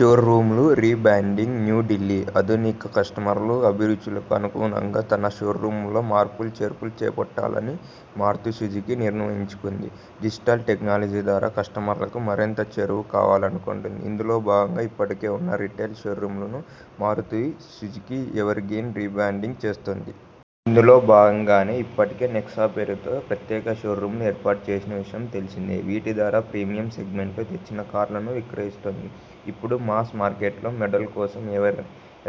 షోరూమ్ల rebranding New Delhi ఆధునిక కస్టమర్ల అభిరుచులకు అనుగుణంగా తన షోరూమ్లలో మార్పులు చేర్పులు చేపట్టాలని మారుతి సుజుకీ నిర్ణయించుకుంది. డిజిటల్ టెక్నాలజీ ద్వారా కస్టమర్లకు మరింత చేరువ కావాలనుకుంటోంది. ఇందులో భాగంగా ఇప్పటికే ఉన్న రిటైల్ షోరూమ్లను మారుతి సుజుకీ ఎరీనాగా రీబ్రాండ్ చేస్తోంది. ఇందులో భాగంగానే ఇప్పటికే నెక్సా పేరుతో ప్రత్యేక షోరూమ్లను ఏర్పాటు చేసిన విషయం తెలిసిందే. వీటి ద్వారా ప్రీమియం సెగ్మెంట్లో తెచ్చిన కార్లను విక్రయిస్తోంది. ఇప్పుడు మాస్ మార్కెట్ మోడళ్ల కోసం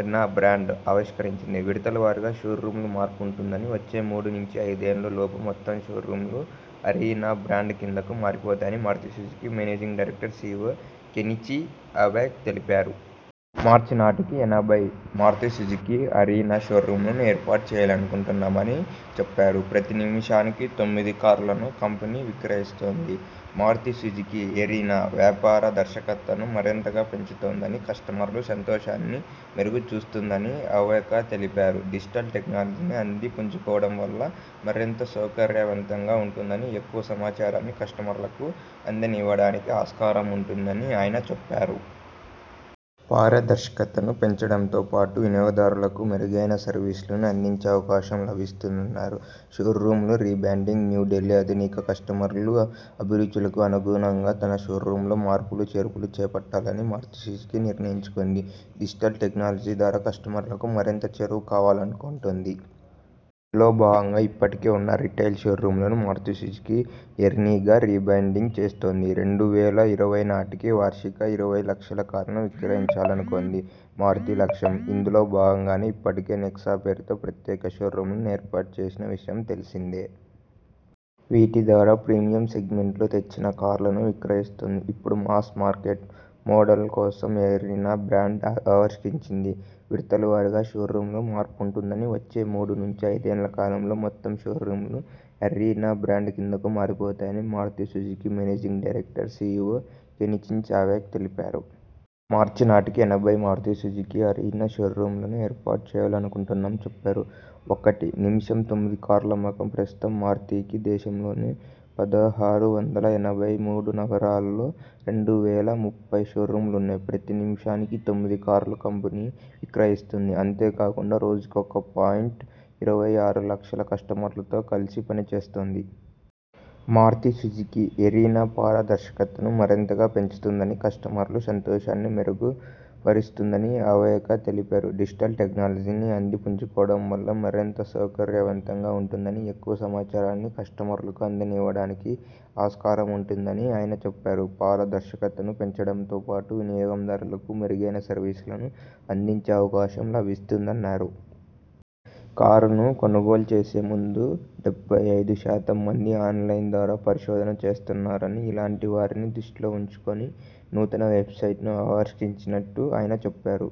ఎరీనా బ్రాండ్ను ఆవిష్కరించింది. విడతల వారీగా షోరూమ్ల మార్పు ఉంటుందని, వచ్చే మూడు నుంచి ఐదేళ్ల కాలంలో మొత్తం షోరూమ్లు అరీనా బ్రాండ్ కిందకు మారిపోతాయని Maruti Suzuki managing director, CEO Kenichi Ayukawa తెలిపారు. మార్చి నాటికి ఎనభై మారుతి సుజుకీ అరీనా షోరూమ్లను ఏర్పాటు చేయాలనుకుంటున్నామని చెప్పారు. ప్రతి నిమిషానికి తొమ్మిది కార్లను కంపెనీ విక్రయిస్తోంది. మారుతి సుజుకీ ఎరీనా పార దర్శకతను మరింతగా పెంచుతుందని, కస్టమర్ల సంతోషాన్ని మెరుగు పరుస్తుందని అయుకవా తెలిపారు. డిజిటల్ టెక్నాలజీని అంది పుచ్చుకోవడం వల్ల మరింత సౌకర్యవంతంగా ఉంటుందని, ఎక్కువ సమాచారాన్ని కస్టమర్లకు అందివ్వడానికి ఆస్కారం ఉంటుందని ఆయన చెప్పారు. పారదర్శకతను పెంచడంతో పాటు వినియోగదారులకు మెరుగైన సర్వీసులను అందించే అవకాశం లభిస్తుందన్నారు. షోరూమ్ల రీబ్రాండింగ్ న్యూ ఢిల్లీ ఆధునిక కస్టమర్ల అభి రుచులకు అనుగుణంగా తన షోరూమ్లలో మార్పులు చేర్పులు చేపట్టాలని మారుతి సుజుకీ నిర్ణయించుకుంది. డిజిటల్ టెక్నాలజీ ద్వారా కస్టమర్లకు మరింత చేరువ కావాలనుకుంటోంది. ఇందులో భాగంగా ఇప్పటికే ఉన్న రిటైల్ షోరూమ్లను మారుతి సుజుకీ ఎరీనాగా రీబ్రాండ్ చేస్తోంది. రెండు వేల ఇరవై నాటికి వార్షికంగా ఇరవై లక్షల కార్లను విక్రయించాలన్నది మారుతి లక్ష్యం. ఇందులో భాగం గానే ఇప్పటికే నెక్సా పేరుతో ప్రత్యేక షోరూమ్లను ఏర్పాటు చేసిన విషయం తెలిసిందే. వీటి ద్వారా ప్రీమియం సెగ్మెంట్లో తెచ్చిన కార్లను విక్రయిస్తోంది. ఇప్పుడు మాస్ మార్కెట్ మోడళ్ల కోసం ఎరీనా బ్రాండ్ను ఆవిష్కరించింది. విడతల వారీగా షోరూమ్ల మార్పు ఉంటుందని, వచ్చే మూడు నుంచి ఐదేళ్ల కాలంలో మొత్తం షోరూమ్లు అరీనా బ్రాండ్ కిందకు మారిపోతాయని Maruti Suzuki managing director, CEO Kenichi Ayukawa తెలిపారు. మార్చి నాటికి ఎనభై మారుతి సుజుకీ అరీనా షోరూమ్లను ఏర్పాటు చేయాలనుకుంటున్నామని చెప్పారు. ఒకటి నిమిషం తొమ్మిది కార్ల అమ్మకం ప్రస్తుతం మారుతికి దేశంలోని పదహారు వందల ఎనభై మూడు నగరాల్లో రెండు వేల యాభై షోరూమ్లున్నాయి. ప్రతి నిమిషానికి తొమ్మిది కార్లను కంపెనీ విక్రయిస్తోంది. అంతే కాకుండా రోజుకు ఒకటి పాయింట్ ఇరవై ఆరు లక్షల కస్టమర్లతో కలిసి పనిచేస్తోంది. మారుతి సుజుకీ ఎరీనా పార దర్శకతను మరింతగా పెంచుతుందని, కస్టమర్ల సంతోషాన్ని మెరుగు పరుస్తుందని అయుకవా తెలిపారు. డిజిటల్ టెక్నాలజీని అంది పుచ్చుకోవడం వల్ల మరింత సౌకర్యవంతంగా ఉంటుందని, ఎక్కువ సమాచారాన్ని కస్టమర్లకు అందివ్వడానికి ఆస్కారం ఉంటుందని ఆయన చెప్పారు. పార దర్శకతను పెంచడంతో పాటు వినియోగ దారులకు మెరుగైన సర్వీసులను అందించే అవకాశం లభిస్తుందన్నారు. కారును కొనుగోలు చేసే ముందు డెబ్బై ఐదు శాతం మంది ఆన్లైన్ ద్వారా పరిశోధనా చేస్తున్నారని, ఇలాంటి వారిని దృష్టిలో ఉంచుకుని నూతన వెబ్సైట్ను ఆవిష్కరించినట్టు ఆయన చెప్పారు.